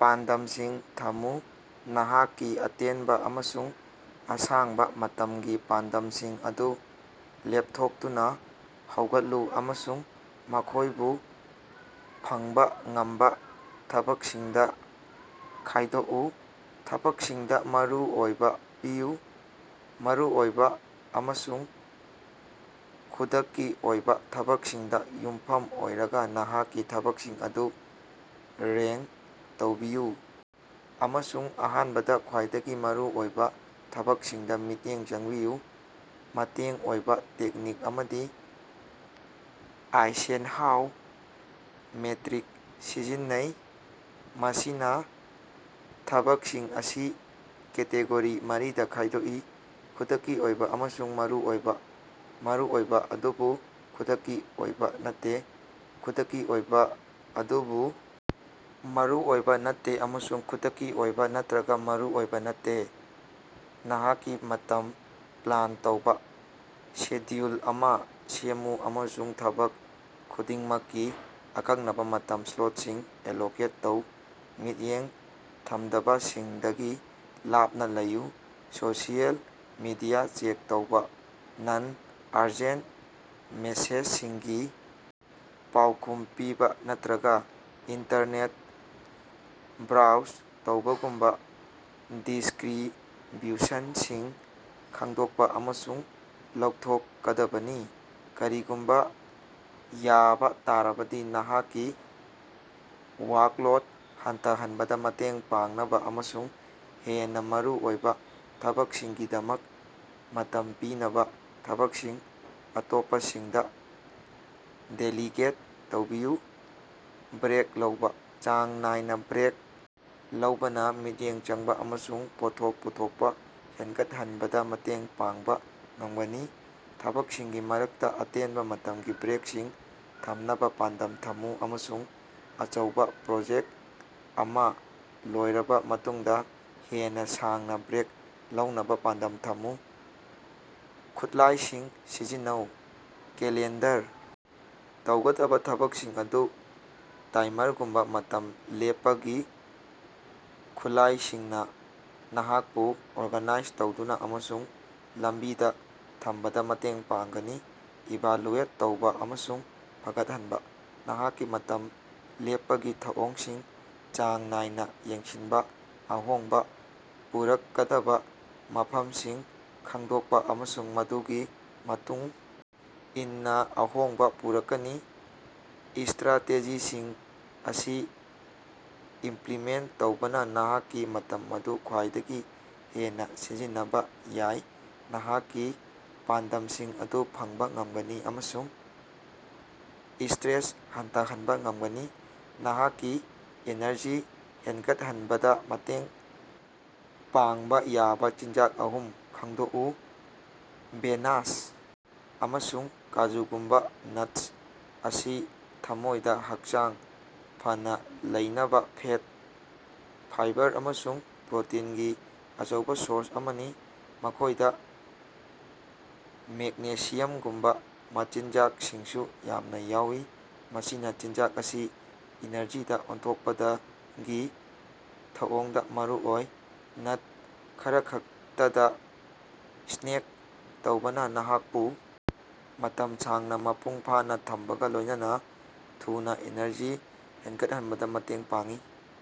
ꯄꯥꯟꯗꯝꯁꯤꯡ ꯊꯝꯃꯨ: ꯅꯍꯥꯛꯀꯤ ꯑꯇꯦꯟꯕꯥ ꯑꯃꯁꯨꯡ ꯑꯁꯥꯡꯕꯥ ꯃꯇꯝꯒꯤ ꯄꯥꯟꯗꯝꯁꯤꯡ ꯑꯗꯨ ꯂꯦꯞꯊꯣꯛꯇꯨꯅꯥ ꯍꯧꯒꯠꯂꯨ ꯑꯃꯁꯨꯡ ꯃꯈꯣꯏꯕꯨ ꯐꯪꯕꯥ ꯉꯝꯕꯥ ꯊꯕꯛꯁꯤꯡꯗꯥ ꯈꯥꯏꯗꯣꯛꯎ꯫ ꯊꯕꯛꯁꯤꯡꯗꯥ ꯃꯔꯨ ꯑꯣꯏꯕꯥ ꯄꯤꯌꯨ: ꯃꯔꯨꯑꯣꯏꯕꯥ ꯑꯃꯁꯨꯡ ꯈꯨꯗꯛꯀꯤ ꯑꯣꯏꯕꯥ ꯊꯕꯛꯁꯤꯡꯗꯥ ꯌꯨꯝꯐꯝ ꯑꯣꯏꯔꯒꯥ ꯅꯍꯥꯛꯀꯤ ꯊꯕꯛꯁꯤꯡ ꯑꯗꯨ ꯔꯦꯡ ꯇꯧꯕꯤꯌꯨ ꯑꯃꯁꯨꯡ ꯑꯍꯥꯟꯕꯗꯥ ꯈ꯭ꯋꯥꯏꯗꯒꯤ ꯃꯔꯨ ꯑꯣꯏꯕꯥ ꯊꯕꯛꯁꯤꯡꯗꯥ ꯃꯤꯠꯌꯦꯡ ꯆꯪꯕꯤꯌꯨ꯫ ꯃꯇꯦꯡ ꯑꯣꯏꯕꯥ ꯇꯦꯛꯅꯤꯛ ꯑꯃꯗꯤ ꯑꯥꯏꯁꯦꯟꯍꯥꯎ ꯃꯦꯇ꯭ꯔꯤꯛ ꯁꯤꯖꯤꯟꯅꯩ, ꯃꯁꯤꯅꯥ ꯊꯕꯛꯁꯤꯡ ꯑꯁꯤ ꯀꯦꯇꯦꯒꯣꯔꯤ ꯃꯔꯤꯗꯥ ꯈꯥꯏꯗꯣꯀꯏ: ꯈꯨꯗꯛꯀꯤ ꯑꯣꯏꯕꯥ ꯑꯃꯁꯨꯡ ꯃꯔꯨꯑꯣꯏꯕꯥ, ꯃꯔꯨꯑꯣꯏꯕꯥ ꯑꯗꯨꯕꯨ ꯈꯨꯗꯛꯀꯤ ꯑꯣꯏꯕꯥ ꯅꯠꯇꯦ, ꯈꯨꯗꯛꯀꯤ ꯑꯣꯏꯕꯥ ꯑꯗꯨꯕꯨ ꯃꯔꯨꯑꯣꯏꯕꯥ ꯅꯠꯇꯦ, ꯑꯃꯁꯨꯡ ꯈꯨꯗꯛꯀꯤ ꯑꯣꯏꯕꯥ ꯅꯠꯔꯒꯥ ꯃꯔꯨꯑꯣꯏꯕꯥ ꯅꯠꯇꯦ꯫ ꯅꯍꯥꯛꯀꯤ ꯃꯇꯝ ꯄ꯭ꯂꯥꯟ ꯇꯧꯕꯥ: ꯁꯦꯗ꯭ꯌꯨꯜ ꯑꯃꯥ ꯁꯦꯝꯃꯨ ꯑꯃꯁꯨꯡ ꯊꯕꯛ ꯈꯨꯗꯤꯡꯃꯛꯀꯤ ꯑꯀꯛꯅꯕꯥ ꯃꯇꯝ ꯁ꯭ꯂꯣꯠꯁꯤꯡ ꯑꯦꯂꯣꯀꯦꯠ ꯇꯧ꯫ ꯃꯤꯠꯌꯦꯡ ꯊꯝꯗꯕꯁꯤꯡꯗꯒꯤ ꯂꯥꯞꯅꯥ ꯂꯩꯌꯨ: ꯁꯣꯁꯤꯑꯦꯜ ꯃꯤꯗꯤꯌꯥ ꯆꯦꯛ ꯇꯧꯕꯥ, ꯅꯟ-ꯑꯔꯖꯦꯟꯇ ꯃꯦꯁꯦꯖꯁꯤꯡꯒꯤ ꯄꯥꯎꯈꯨꯝ ꯄꯤꯕꯥ, ꯅꯠꯇ꯭ꯔꯒꯥ ꯏꯟꯇꯔꯅꯦꯠ ꯕ꯭ꯔꯥꯎꯖ ꯇꯧꯕꯒꯨꯝꯕꯥ ꯗꯤꯁꯀ꯭ꯔꯤꯕ꯭ꯌꯨꯁꯟꯁꯤꯡ ꯈꯪꯗꯣꯛꯄꯥ ꯑꯃꯁꯨꯡ ꯂꯧꯊꯣꯛꯀꯗꯕꯅꯤ꯫ ꯀꯔꯤꯒꯨꯝꯕꯥ ꯌꯥꯕꯥ ꯇꯥꯔꯕꯗꯤ, ꯅꯍꯥꯛꯀꯤ ꯋꯥꯛꯂꯣꯠ ꯍꯟꯊꯍꯟꯕꯗꯥ ꯃꯇꯦꯡ ꯄꯥꯡꯅꯕꯥ ꯑꯃꯁꯨꯡ ꯍꯦꯟꯅꯥ ꯃꯔꯨꯑꯣꯏꯕꯥ ꯊꯕꯛꯁꯤꯡꯒꯤꯗꯃꯛ ꯃꯇꯝ ꯄꯤꯅꯕꯥ ꯊꯕꯛꯁꯤꯡ ꯑꯇꯣꯞꯄꯁꯤꯡꯗꯥ ꯗꯦꯂꯤꯒꯦꯠ ꯇꯧꯕꯤꯎ꯫ ꯕ꯭ꯔꯦꯛ ꯂꯧꯕꯥ: ꯆꯥꯡ ꯅꯥꯏꯅꯥ ꯕ꯭ꯔꯦꯛ ꯂꯧꯕꯅꯥ ꯃꯤꯠꯌꯦꯡ ꯆꯪꯕꯥ ꯑꯃꯁꯨꯡ ꯄꯣꯠꯊꯣꯛ ꯄꯨꯊꯣꯛꯄꯥ ꯍꯦꯟꯅꯒꯠꯍꯟꯕꯗꯥ ꯃꯇꯦꯡ ꯄꯥꯡꯕꯥ ꯉꯝꯒꯅꯤ꯫ ꯊꯕꯛꯁꯤꯡꯒꯤ ꯃꯔꯛꯇꯥ ꯑꯇꯦꯟꯕꯥ ꯃꯇꯝꯒꯤ ꯕ꯭ꯔꯦꯛꯁꯤꯡ ꯊꯝꯅꯕꯥ ꯄꯥꯟꯗꯝ ꯊꯝꯃꯨ ꯑꯃꯁꯨꯡ ꯑꯆꯧꯕꯥ ꯄ꯭ꯔꯣꯖꯦꯛꯇ ꯑꯃꯥ ꯂꯣꯏꯔꯕꯥ ꯃꯇꯨꯡꯗꯥ ꯍꯦꯟꯅꯥ ꯁꯥꯡꯅꯥ ꯕ꯭ꯔꯦꯛ ꯂꯧꯅꯕꯥ ꯄꯥꯟꯗꯝ ꯊꯝꯃꯨ꯫ ꯈꯨꯠꯂꯥꯏꯁꯤꯡ ꯁꯤꯖꯤꯟꯅꯧ: ꯀꯦꯂꯦꯟꯗꯔ, ꯇꯧꯒꯗꯕꯥ ꯊꯕꯛꯁꯤꯡ ꯑꯗꯨ ꯇꯥꯏꯃꯔꯒꯨꯝꯕꯥ ꯃꯇꯝ ꯂꯦꯞꯄꯒꯤ ꯈꯨꯠꯂꯥꯏꯁꯤꯡꯅꯥ ꯅꯍꯥꯛꯄꯨ ꯑꯣꯔꯒꯅꯥꯏꯖ ꯇꯧꯗꯨꯅꯥ ꯑꯃꯁꯨꯡ ꯂꯝꯕꯤꯗꯥ ꯊꯝꯕꯗꯥ ꯃꯇꯦꯡ ꯄꯥꯡꯒꯅꯤ꯫ ꯏꯚꯥꯂꯨꯑꯦꯠ ꯇꯧꯕꯥ ꯑꯃꯁꯨꯡ ꯐꯒꯠꯍꯟꯕꯥ: ꯅꯍꯥꯛꯀꯤ ꯃꯇꯝ ꯂꯦꯞꯄꯒꯤ ꯊꯧꯑꯣꯡꯁꯤꯡ ꯆꯥꯡ ꯅꯥꯏꯅꯥ ꯌꯦꯡꯁꯤꯟꯕꯥ, ꯑꯍꯣꯡꯕꯥ ꯄꯨꯔꯛꯀꯗꯕꯥ ꯃꯐꯝꯁꯤꯡ ꯈꯪꯗꯣꯛꯄꯥ ꯑꯃꯁꯨꯡ ꯃꯗꯨꯒꯤ ꯃꯇꯨꯡ ꯏꯟꯅꯥ ꯑꯍꯣꯡꯕꯥ ꯄꯨꯔꯛꯀꯅꯤ꯫ ꯏꯁꯇ꯭ꯔꯥꯇꯦꯖꯤꯁꯤꯡ ꯑꯁꯤ ꯏꯝꯄ꯭ꯂꯤꯃꯦꯟ ꯇꯧꯕꯅꯥ ꯅꯍꯥꯛꯀꯤ ꯃꯇꯝ ꯑꯗꯨ ꯈ꯭ꯋꯥꯏꯗꯒꯤ ꯍꯦꯟꯅꯥ ꯁꯤꯖꯤꯟꯅꯕꯥ ꯌꯥꯏ, ꯅꯍꯥꯛꯀꯤ ꯄꯥꯟꯗꯝꯁꯤꯡ ꯑꯗꯨ ꯐꯪꯕꯥ ꯉꯝꯒꯅꯤ ꯑꯃꯁꯨꯡ ꯏꯁꯇ꯭ꯔꯦꯁ ꯍꯟꯊꯍꯟꯕꯥ ꯉꯝꯒꯅꯤ꯫ ꯅꯍꯥꯛꯀꯤ ꯑꯦꯅꯔꯖꯤ ꯍꯦꯟꯒꯠꯍꯟꯕꯗꯥ ꯃꯇꯦꯡ ꯄꯥꯡꯕꯥ ꯌꯥꯕꯥ ꯆꯤꯟꯖꯥꯛ ꯑꯍꯨꯝ ꯈꯪꯗꯣꯛꯎ꯫ ꯕꯦꯅꯥꯁ: ꯑꯃꯁꯨꯡ ꯀꯥꯖꯨꯒꯨꯝꯕꯥ ꯅꯠꯁ ꯑꯁꯤ ꯊꯝꯃꯣꯏꯗꯥ ꯍꯛꯆꯥꯡ ꯐꯅꯥ ꯂꯩꯅꯕꯥ ꯐꯦꯠ, ꯐꯥꯏꯕꯔ ꯑꯃꯁꯨꯡ ꯄ꯭ꯔꯣꯇꯤꯟꯒꯤ ꯑꯆꯧꯕꯥ ꯁꯣꯔꯁ ꯑꯃꯅꯤ꯫ ꯃꯈꯣꯏꯗꯥ ꯃꯦꯛꯅꯦꯁꯤꯌꯝꯒꯨꯝꯕꯥ ꯃꯆꯤꯟꯖꯥꯛꯁꯤꯡꯁꯨ ꯌꯥꯝꯅꯥ ꯌꯥꯎꯏ, ꯃꯁꯤꯅꯥ ꯆꯤꯟꯖꯥꯛ ꯑꯁꯤ ꯏꯅꯔꯖꯤꯗꯥ ꯑꯣꯟꯊꯣꯛꯄꯗꯒꯤ ꯊꯧꯑꯣꯡꯗꯥ ꯃꯔꯨ ꯑꯣꯏ꯫ ꯅꯠ ꯈꯔꯈꯛꯇꯗꯥ ꯁ꯭ꯅꯦꯛ ꯇꯧꯕꯅꯥ ꯅꯍꯥꯛꯄꯨ ꯃꯇꯝ ꯁꯥꯡꯅꯥ ꯃꯄꯨꯡ ꯐꯥꯅꯥ ꯊꯝꯕꯒꯥ ꯂꯣꯏꯅꯅꯥ ꯊꯨꯅꯥ ꯑꯦꯅꯔꯖꯤ ꯍꯦꯟꯒꯠꯍꯟꯕꯗꯥ ꯃꯇꯦꯡ ꯄꯥꯡꯏ꯫